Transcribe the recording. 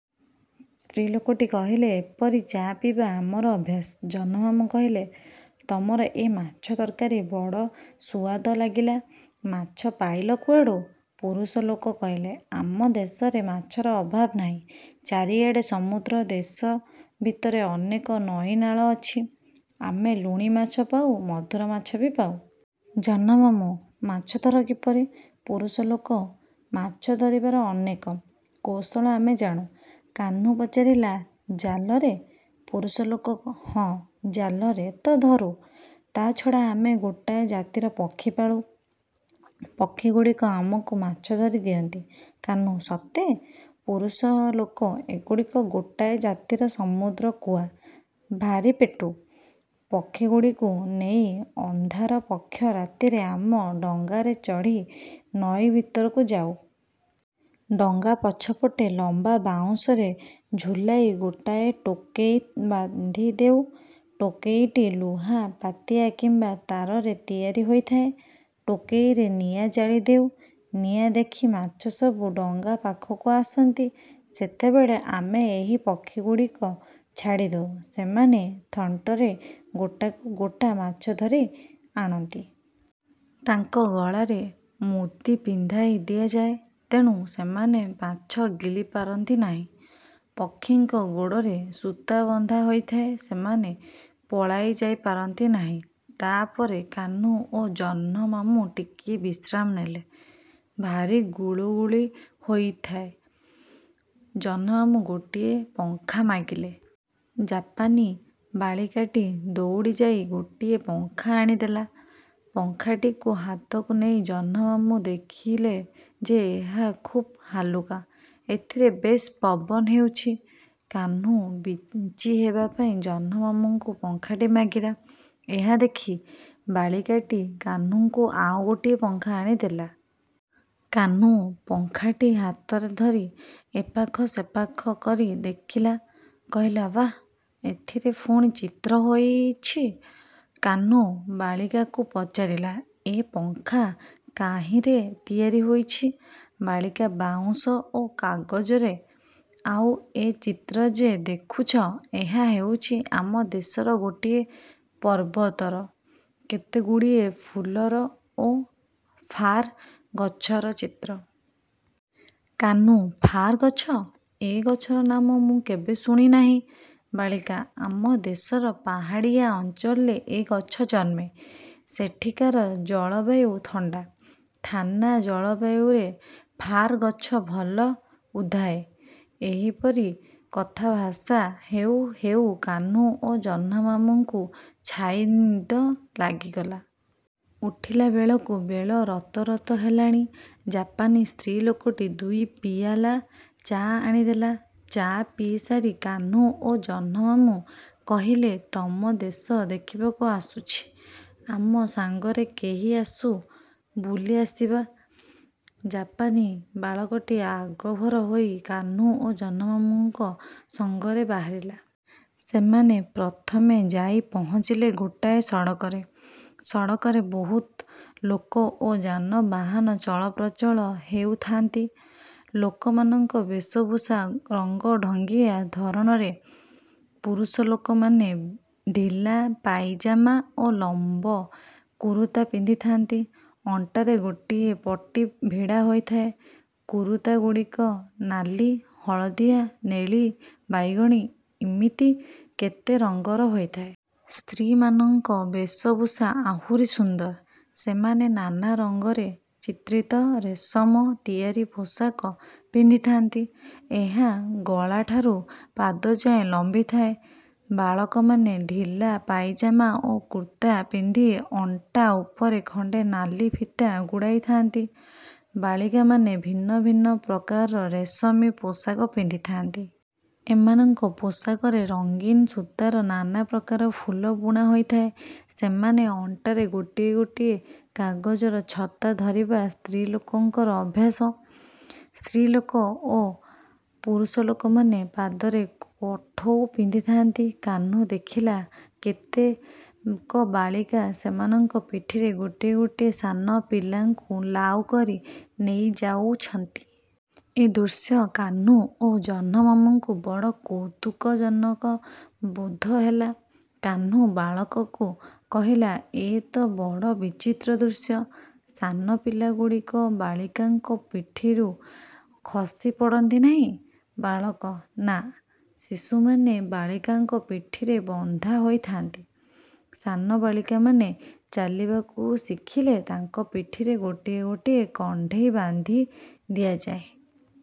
ସ୍ତ୍ରୀଲୋକଟି କହିଲେ-ଏପରି ଚା ପିଇବା ଆମର ଅଭ୍ୟାସ। ଜହ୍ନମାମୁଁ କହିଲେ-ତମର ଏ ମାଛ ତରକାରୀ ବଡ଼ ସୁଆଦ ଲାଗିଲା। ମାଛ ପାଇଲ କୁଆଡ଼ୁ? ପୁରୁଷ ଲୋକ କହିଲେ-ଆମ ଦେଶରେ ମାଛର ଅଭାବ ନାହିଁ। ଚାରିଆଡ଼େ ସମୁଦ୍ର। ଦେଶ ଭିତରେ ଅନେକ ନଈନାଳ ଅଛି। ଆମେ ଲୁଣି ମାଛ ପାଉ, ମଧୁର ମାଛ ବି ପାଉ। ଜହ୍ନମାମୁଁ-ମାଛ ଧର କିପରି? ପୁରୁଷଲୋକ-ମାଛ ଧରିବାର ଅନେକ। କୌଶଳ ଆମେ ଜାଣୁ। କାହ୍ନୁ ପଚାରିଲା-ଜାଲରେ? ପୁରୁଷଲୋକ-ହଁ ଜାଲରେ ତ ଧରୁ, ତା'ଛଡ଼ା ଆମେ ଗୋଟାଏ ଜାତିର ପକ୍ଷୀ ପାଳୁ। ପକ୍ଷୀଗୁଡ଼ିକ ଆମକୁ ମାଛ ଧରି ଦିଅନ୍ତି। କାହ୍ନୁ-ସତେ? ପୁରୁଷଲୋକ-ଏଗୁଡ଼ିକ ଗୋଟାଏ ଜାତିର ସମୁଦ୍ରକୁଆ-ଭାରି ପେଟୁ। ପକ୍ଷୀଗୁଡ଼ିକୁ ନେଇ ଅନ୍ଧାର ପକ୍ଷ ରାତିରେ ଆମ ଡଙ୍ଗାରେ ଚଢ଼ି ନଈ ଭିତରକୁ ଯାଉ। ଡଙ୍ଗା ପଛପଟେ ଲମ୍ବା ବାଉଁଶରେ ଝୁଲାଇ ଗୋଟାଏ ଟୋକେଇ ବାନ୍ଧି ଦେଉ। ଟୋକେଇଟି ଲୁହା ପାତିଆ କିମ୍ବା ତାରରେ ତିଆରି ହୋଇଥାଏ। ଟୋକେଇରେ ନିଆଁ ଜାଳି ଦେଉ। ନିଆଁ ଦେଖି ମାଛସବୁ ଡଙ୍ଗା ପାଖକୁ ଆସନ୍ତି। ସେତେବେଳେ ଆମେ ଏହି ପକ୍ଷୀଗୁଡ଼ିକ ଛାଡ଼ିଦଉ। ସେମାନେ ଥଣ୍ଟରେ ଗୋଟାକୁ ଗୋଟା ମାଛ ଧରି ଆଣନ୍ତି। ତାଙ୍କ ଗଳାରେ ମୁଦି ପିନ୍ଧାଇ ଦିଆଯାଏ। ତେଣୁ ସେମାନେ ମାଛ ଗିଳି ପାରନ୍ତି ନାହିଁ-। ପକ୍ଷୀଙ୍କ ଗୋଡ଼ରେ ସୂତା ବନ୍ଧା ହୋଇଥାଏ। ସେମାନେ ପଳାଇଯାଇପାରନ୍ତି ନାହିଁ। ତା' ପରେ କାହ୍ନୁ ଓ ଜହ୍ନମାମୁଁ ଟିକିଏ ବିଶ୍ରାମ ନେଲେ। ଭାରି ଗୁଳୁଗୁଳି ହେଉଥାଏ। ଜହ୍ନମାମୁଁ ଗୋଟିଏ ପଙ୍ଖା ମାଗିଲେ। ଜାପାନୀ ବାଳିକାଟି ଦୌଡ଼ିଯାଇ ଗୋଟିଏ ପଙ୍ଖା ଆଣି ଦେଲା। ପଙ୍ଖାଟିକୁ ହାତକୁ ନେଇ ଜହ୍ନମାମୁଁ ଦେଖିଲେ ଯେ ଏହା ଖୁବ୍ ହାଲୁକା। ଏଥିରେ ବେଶ୍ ପବନ ହେଉଛି। କାହ୍ନୁ ବିଞ୍ଚିହେବାପାଇଁ ଜହ୍ନମାମୁଁଙ୍କୁ ପଙ୍ଖାଟି ମାଗିଲା। ଏହା ଦେଖି ବାଳିକାଟି କାହ୍ନୁକୁ ଆଉ ଗୋଟିଏ ପଙ୍ଖା ଆଣିଦେଲା। କାହ୍ନୁ ପଙ୍ଖାଟି ହାତରେ ଧରି ଏପାଖ ସେପାଖ କରି ଦେଖିଲା। କହିଲା-ବାଃ, ଏଥିରେ ପୁଣି ଚିତ୍ର କରାହୋଇଛି! କାହ୍ନୁ ବାଳିକାକୁ ପଚାରିଲା-ଏ ପଙ୍ଖା କାହିଁରେ ତିଆରି ହୋଇଛି? ବାଳିକା-ବାଉଁଶ ଓ କାଗଜରେ। ଆଉ ଏ ଚିତ୍ର ଯେ ଦେଖୁଛ, ଏହା ହେଉଛି ଆମ ଦେଶର ଗୋଟିଏ ପର୍ବତର, କେତେଗୁଡ଼ିଏ ଫୁଲର ଓ ଫାର୍ ଗଛର ଚିତ୍ର। କାହ୍ନୁ-ଫାର୍ ଗଛ? ଏ ଗଛର ନାମ ମୁଁ କେବେ ଶୁଣି ନାହିଁ। ବାଳିକା-ଆମ ଦେଶର ପାହାଡ଼ିଆ ଅଞ୍ଚଳରେ ଏ ଗଛ ଜନ୍ମେ। ସେଠିକାର ଜଳବାୟୁ ଥଣ୍ଡା। ଥାନା ଜଳବାୟୁରେ ଫାର୍ ଗଛ ଭଲ ଉଧାଏ। ଏହିପରି କଥାଭାଷା ହେଉ ହେଉ କାହ୍ନୁ ଓ ଜହ୍ନମାମୁଁଙ୍କୁ ଛାଇନିଦ ଲାଗିଗଲା। ଉଠିଲାବେଳକୁ ବେଳ ରତରତ ହେଲାଣି। ଜାପାନୀ ସ୍ତ୍ରୀଲୋକଟି ଦୁଇ ପିଆଲା ଚା ଆଣିଦେଲା। ଚା ପିଇସାରି କାହ୍ନୁ ଓ ଜହ୍ନମାମୁଁ କହିଲେ-ତମ ଦେଶ ଦେଖିବାକୁ ଆସୁଛି; ଆମ ସାଙ୍ଗରେ କେହି ଆସୁ, ବୁଲି ଆସିବା। ଜାପାନୀ ବାଳକଟି ଆଗଭର ହୋଇ କାହ୍ନୁ ଓ ଜହ୍ନମାମୁଁଙ୍କ ସଙ୍ଗରେ ବାହାରିଲା। ସେମାନେ ପ୍ରଥମେ ଯାଇ ପହଁଚିଲେ ଗୋଟାଏ ସଡ଼କରେ। ସଡ଼କରେ ବହୁତ ଲୋକ ଓ ଯାନବାହାନ ଚଳପ୍ରଚଳ ହେଉଥାନ୍ତି। ଲୋକମାନଙ୍କ ବେଶଭୂଷା ରଙ୍ଗଢଙ୍ଗିଆ ଧରଣରେ। ପୁରୁଷଲୋକମାନେ ଢିଲା ପାଇଜାମା ଓ ଲମ୍ବ କୁରୁତା ପିନ୍ଧିଥାନ୍ତି। ଅଣ୍ଟାରେ ଗୋଟିଏ ପଟି ଭିଡ଼ା ହୋଇଥାଏ। କୁରୁତାଗୁଡ଼ିକ ନାଲି, ହଳଦିଆ, ନେଳି, ବାଇଗଣି-ଇମିତି କେତେ ରଙ୍ଗର ହୋଇଥାଏ। ସ୍ତ୍ରୀମାନଙ୍କ ବେଶଭୂଷା ଆହୁରି ସୁନ୍ଦର। ସେମାନେ ନାନା ରଙ୍ଗରେ ଚିତ୍ରିତ ରେଶମ ତିଆରି ପୋଷାକ ପିନ୍ଧିଥାନ୍ତି। ଏହା ଗଳାଠାରୁ ପାଦଯାଏଁ ଲମ୍ବିଥାଏ। ବାଳକମାନେ ଢିଲା ପାଇଜାମା ଓ କୁର୍ତ୍ତା ପିନ୍ଧି ଅଣ୍ଟା ଉପରେ ଖଣ୍ଡେ ନାଲି ଫିତା ଗୁଡ଼ାଇଥାନ୍ତି। ବାଳିକାମାନେ ଭିନ୍ନ ଭିନ୍ନ ପ୍ରକାରର ରେଶମୀ ପୋଷାକ ପିନ୍ଧିଥାନ୍ତି। ଏମାନଙ୍କ ପୋଷାକରେ ରଙ୍ଗିନ୍ ସୂତାର ନାନା ପ୍ରକାର ଫୁଲ ବୁଣା ହୋଇଥାଏ। ସେମାନେ ଅଣ୍ଟାରେ ଗୋଟିଏ ଗୋଟିଏ କାଗଜର ଛତା ଧରିବା ସ୍ତ୍ରୀଲୋକମାନଙ୍କର ଅଭ୍ୟାସ। ସ୍ତ୍ରୀଲୋକ ଓ ପୁରୁଷଲୋକମାନେ ପାଦରେ କଠଉ ପିନ୍ଧିଥାନ୍ତି। କାହ୍ନୁ ଦେଖିଲା, କେତେକ ବାଳିକା ସେମାନଙ୍କ ପିଠିରେ ଗୋଟିଏ ଗୋଟିଏ ସାନପିଲାଙ୍କୁ ଲାଉକରି ନେଇଯାଉଛନ୍ତି। ଏ ଦୃଶ୍ୟ କାହ୍ନୁ ଓ ଜହ୍ନମାମୁଁଙ୍କୁ ବଡ଼ କୌତୁକଜନକ ବୋଧ ହେଲା। କାହ୍ନୁ ବାଳକକୁ କହିଲା-ଏ ତ ବଡ଼ ବିଚିତ୍ର ଦୃଶ୍ୟ। ସାନ ପିଲାଗୁଡ଼ିକ ବାଳିକାଙ୍କ ପିଠିରୁ ଖସି ପଡ଼ନ୍ତି ନାହିଁ? ବାଳକ-ନାଁ, ଶିଶୁମାନେ ବାଳିକାଙ୍କ ପିଠିରେ ବନ୍ଧା ହୋଇଥାନ୍ତି। ସାନ ବାଳିକାମାନେ ଚାଲିବାକୁ ଶିଖିଲେ ତାଙ୍କ ପିଠିରେ ଗୋଟିଏ ଗୋଟିଏ କଣ୍ଢେଇ ବାନ୍ଧି ଦିଆଯାଏ।